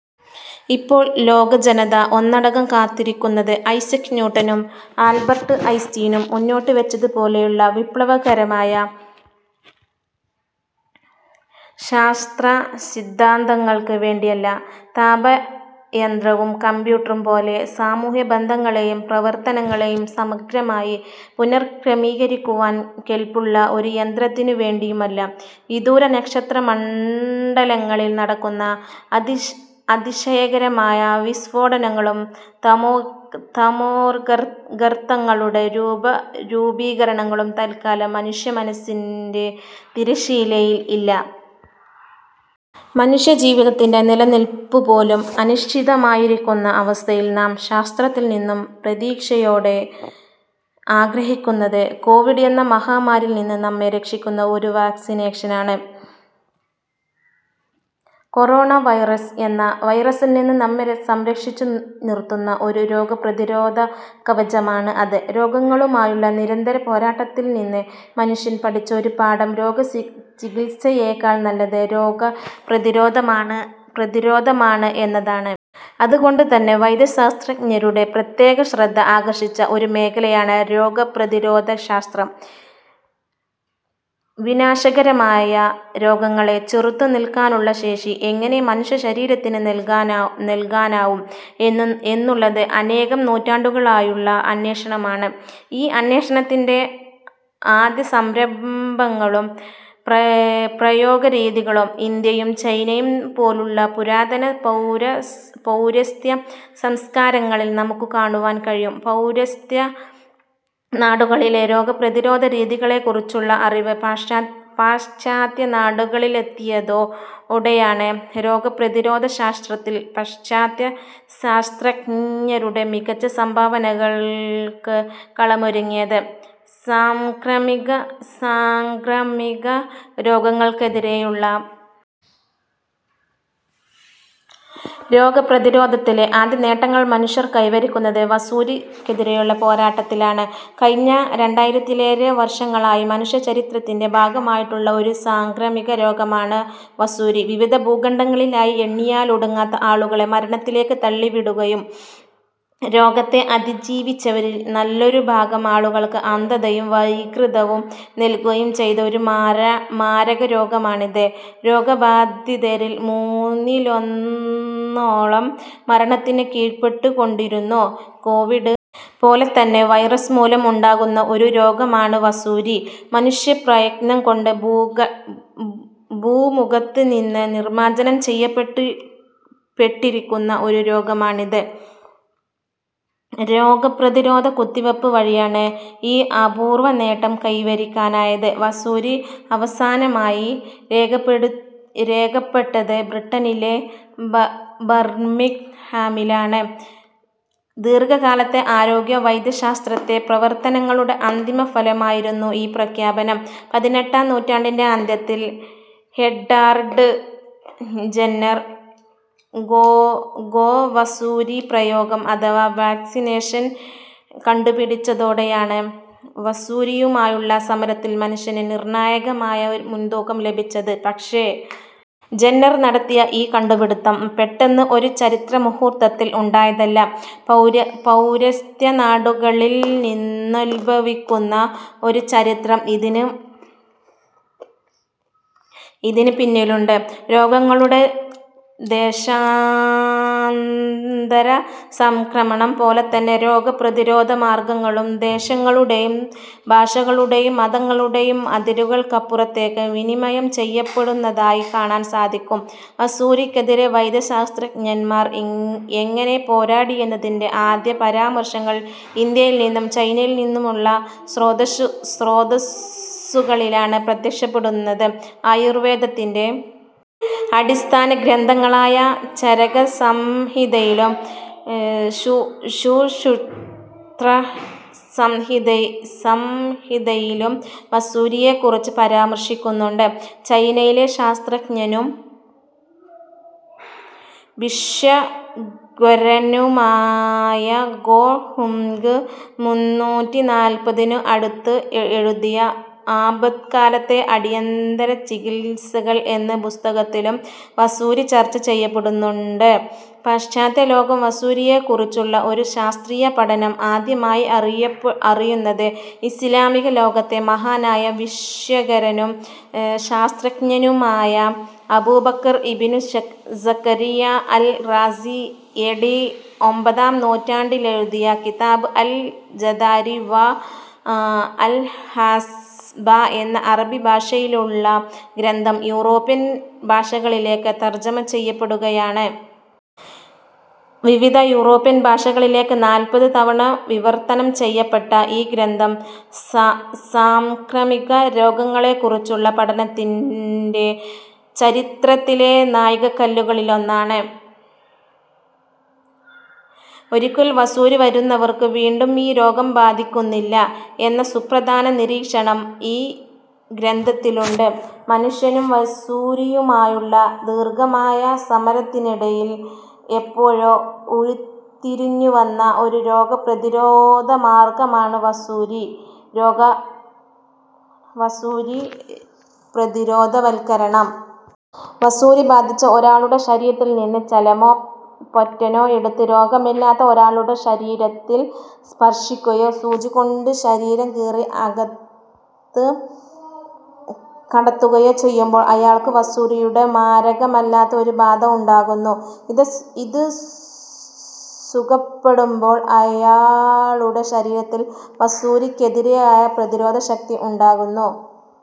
ഇപ്പോൾ ലോകജനത ഒന്നടങ്കം കാത്തിരിക്കുന്നത് ഐസക് ന്യൂട്ടനും ആൽബർട്ട് ഐൻസ്റ്റീനും മുന്നോട്ടുവച്ചതുപോലെയുള്ള വിപ്ലവകരമായ ശാസ്ത്രസിദ്ധാന്തങ്ങൾക്ക് വേണ്ടിയല്ല. താപയന്ത്രവും കമ്പ്യൂട്ടറും പോലെ സാമൂഹ്യബന്ധങ്ങളെയും പ്രവർത്തനങ്ങളെയും സമഗ്രമായി പുനഃക്രമീകരിക്കുവാൻ കെൽപ്പുള്ള ഒരു യന്ത്രത്തിനുവേണ്ടിയും അല്ല. വിദൂര നക്ഷത്രമണ്ഡലങ്ങളിൽ നടക്കുന്ന അതിശയകരമായ വിസ്ഫോടനങ്ങളും തമോഗർത്തങ്ങളുടെ രൂപീകരണങ്ങളും തൽക്കാലം മനുഷ്യമനസ്സിൻ്റെ തിരശ്ശീലയിൽ ഇല്ല. മനുഷ്യജീവിതത്തിൻ്റെ നിലനിൽപ്പുപോലും അനിശ്ചിതമായിരിക്കുന്ന അവസ്ഥയിൽ നാം ശാസ്ത്രത്തിൽനിന്നും പ്രതീക്ഷയോടെ ആഗ്രഹിക്കുന്നത് കോവിഡ് എന്ന മഹാമാരിയിൽനിന്ന് നമ്മെ രക്ഷിക്കുന്ന ഒരു വാക്സിനാണ്. കൊറോണ വൈറസ് എന്ന വൈറസിൽനിന്ന് നമ്മെ സംരക്ഷിച്ചുനിർത്തുന്ന ഒരു രോഗപ്രതിരോധ കവചമാണ് അത്. രോഗങ്ങളുമായുള്ള നിരന്തര പോരാട്ടത്തിൽ നിന്ന് മനുഷ്യൻ പഠിച്ച ഒരു പാഠം രോഗചികിത്സയേക്കാൾ നല്ലത് രോഗ പ്രതിരോധം പ്രതിരോധമാണ് എന്നതാണ്. അതുകൊണ്ടുതന്നെ വൈദ്യശാസ്ത്രജ്ഞരുടെ പ്രത്യേകശ്രദ്ധ ആകർഷിച്ച ഒരു മേഖലയാണ് രോഗപ്രതിരോധശാസ്ത്രം. വിനാശകരമായ രോഗങ്ങളെ ചെറുത്തുനിൽക്കാനുള്ള ശേഷി എങ്ങനെ മനുഷ്യശരീരത്തിന് നൽകാനാവും എന്നുള്ളത് അനേകം നൂറ്റാണ്ടുകളായുള്ള അന്വേഷണമാണ്. ഈ അന്വേഷണത്തിൻ്റെ ആദ്യസംരംഭങ്ങളും പ്രയോഗരീതികളും ഇന്ത്യയും ചൈനയും പോലുള്ള പുരാതന പൗരസ്ത്യ സംസ്കാരങ്ങളിൽ നമുക്ക് കാണുവാൻ കഴിയും. പൗരസ്ത്യനാടുകളിലെ രോഗപ്രതിരോധരീതികളെക്കുറിച്ചുള്ള അറിവ് പാശ്ചാത്യനാടുകളിലെത്തിയതോടെയാണ് രോഗപ്രതിരോധശാസ്ത്രത്തിൽ പാശ്ചാത്യശാസ്ത്രജ്ഞരുടെ മികച്ച സംഭാവനകൾക്ക് കളമൊരുങ്ങിയത്. സാംക്രമികരോഗങ്ങൾക്കെതിരെയുള്ള രോഗപ്രതിരോധത്തിലെ ആദ്യനേട്ടങ്ങൾ മനുഷ്യർ കൈവരിക്കുന്നത് വസൂരിക്കെതിരെയുള്ള പോരാട്ടത്തിലാണ്. കഴിഞ്ഞ രണ്ടായിരത്തിലേറെ വർഷങ്ങളായി മനുഷ്യചരിത്രത്തിൻ്റെ ഭാഗമായിട്ടുള്ള ഒരു സാംക്രമികരോഗമാണ് വസൂരി. വിവിധ ഭൂഖണ്ഡങ്ങളിലായി എണ്ണിയാലൊടുങ്ങാത്ത ആളുകളെ മരണത്തിലേക്ക് തള്ളിവിടുകയും രോഗത്തെ അതിജീവിച്ചവരിൽ നല്ലൊരു ഭാഗം ആളുകൾക്ക് അന്ധതയും വൈകൃതവും നൽകുകയും ചെയ്ത ഒരു മാരകരോഗമാണിത്. രോഗബാധിതരിൽ മൂന്നിലൊന്നോളം മരണത്തിന് കീഴ്പ്പെട്ടുകൊണ്ടിരുന്നു. കോവിഡ് പോലെതന്നെ വൈറസ് മൂലം ഉണ്ടാകുന്ന ഒരു രോഗമാണ് വസൂരി. മനുഷ്യപ്രയത്നം കൊണ്ട് ഭൂമുഖത്തുനിന്ന് നിർമ്മാർജനം ചെയ്യപ്പെട്ടിരിക്കുന്ന ഒരു രോഗമാണിത്. രോഗപ്രതിരോധ കുത്തിവയ്പ്പ് വഴിയാണ് ഈ അപൂർവനേട്ടം കൈവരിക്കാനായത്. വസൂരി അവസാനമായി രേഖപ്പെടുത്തപ്പെട്ടത് ബ്രിട്ടനിലെ ബർമിംഗ്ഹാമിലാണ്. ദീർഘകാലത്തെ ആരോഗ്യ വൈദ്യശാസ്ത്ര പ്രവർത്തനങ്ങളുടെ അന്തിമഫലമായിരുന്നു ഈ പ്രഖ്യാപനം. പതിനെട്ടാം നൂറ്റാണ്ടിൻ്റെ അന്ത്യത്തിൽ എഡ്വാർഡ് ജെന്നർ ഗോവസൂരിപ്രയോഗം അഥവാ വാക്സിനേഷൻ കണ്ടുപിടിച്ചതോടെയാണ് വസൂരിയുമായുള്ള സമരത്തിൽ മനുഷ്യന് നിർണായകമായ മുൻതൂക്കം ലഭിക്കുന്നത്. പക്ഷേ ജെന്നർ നടത്തിയ ഈ കണ്ടുപിടിത്തം പെട്ടെന്ന് ഒരു ചരിത്രമുഹൂർത്തത്തിൽ ഉണ്ടായതല്ല. പൗരസ്ത്യനാടുകളിൽനിന്നുത്ഭവിക്കുന്ന ഒരു ചരിത്രം ഇതിന് പിന്നിലുണ്ട്. രോഗങ്ങളുടെ ദേശാന്തരസംക്രമണം പോലെത്തന്നെ രോഗപ്രതിരോധ മാർഗങ്ങളും ദേശങ്ങളുടെയും ഭാഷകളുടെയും മതങ്ങളുടെയും അതിരുകൾക്കപ്പുറത്തേക്ക് വിനിമയം ചെയ്യപ്പെടുന്നതായി കാണാൻ സാധിക്കും. വസൂരിക്കെതിരെ വൈദ്യശാസ്ത്രജ്ഞന്മാർ എങ്ങനെ പോരാടി എന്നതിൻ്റെ ആദ്യപരാമർശങ്ങൾ ഇന്ത്യയിൽനിന്നും ചൈനയിൽനിന്നുമുള്ള സ്രോതസ്സുകളിലാണ് പ്രത്യക്ഷപ്പെടുന്നത്. ആയുർവേദത്തിൻ്റെ അടിസ്ഥാന ഗ്രന്ഥങ്ങളായ ചരകസംഹിതയിലും സുശ്രുതസംഹിതയിലും വസൂരിയെക്കുറിച്ച് പരാമർശിക്കുന്നുണ്ട്. ചൈനയിലെ ശാസ്ത്രജ്ഞനും ഭിഷഗ്വരനുമായ കോ ഹുംഗ് മുന്നൂറ്റിനാൽപ്പതിനു അടുത്ത് എഴുതിയ ആപത്കാലത്തെ അടിയന്തര ചികിത്സകൾ എന്ന പുസ്തകത്തിലും വസൂരി ചർച്ച ചെയ്യപ്പെടുന്നുണ്ട്. പാശ്ചാത്യലോകം വസൂരിയെക്കുറിച്ചുള്ള ഒരു ശാസ്ത്രീയപഠനം ആദ്യമായി അറിയുന്നത് ഇസ്ലാമിക ലോകത്തെ മഹാനായ ഭിഷഗ്വരനും ശാസ്ത്രജ്ഞനുമായ Abu Bakr ibn Zakariya al Razi A D ഒമ്പതാം നൂറ്റാണ്ടിലെഴുതിയ കിതാബ് അൽ ജദാരി വാ അൽ ഹാസ്ബ എന്ന അറബിഭാഷയിലുള്ള ഗ്രന്ഥം യൂറോപ്യൻ ഭാഷകളിലേക്ക് തർജ്ജമ ചെയ്യപ്പെടുമ്പോഴാണ്. വിവിധ യൂറോപ്യൻ ഭാഷകളിലേക്ക് നാൽപ്പത് തവണ വിവർത്തനം ചെയ്യപ്പെട്ട ഈ ഗ്രന്ഥം സാംക്രമികരോഗങ്ങളെക്കുറിച്ചുള്ള പഠനത്തിൻ്റെ ചരിത്രത്തിലെ നാഴികക്കല്ലുകളിലൊന്നാണ്. ഒരിക്കൽ വസൂരി വരുന്നവർക്ക് വീണ്ടും ഈ രോഗം ബാധിക്കുന്നില്ല എന്ന സുപ്രധാന നിരീക്ഷണം ഈ ഗ്രന്ഥത്തിലുണ്ട്. മനുഷ്യനും വസൂരിയുമായുള്ള ദീർഘമായ സമരത്തിനിടയിൽ എപ്പോഴോ ഉരുത്തിരിഞ്ഞുവന്ന ഒരു രോഗപ്രതിരോധ മാർഗമാണ് വസൂരി പ്രതിരോധവൽക്കരണം. വസൂരി ബാധിച്ച ഒരാളുടെ ശരീരത്തിൽനിന്ന് ചലമോ പൊറ്റനോ എടുത്ത് രോഗമില്ലാത്ത ഒരാളുടെ ശരീരത്തിൽ സ്പർശിക്കുകയോ സൂചികൊണ്ട് ശരീരം കീറി അകത്ത് കടത്തുകയോ ചെയ്യുമ്പോൾ അയാൾക്ക് വസൂരിയുടെ മാരകമല്ലാത്ത ഒരു ബാധ ഉണ്ടാകുന്നു. ഇത് സുഖപ്പെടുമ്പോൾ അയാളുടെ ശരീരത്തിൽ വസൂരിക്കെതിരായ പ്രതിരോധശക്തി ഉണ്ടാകുന്നു.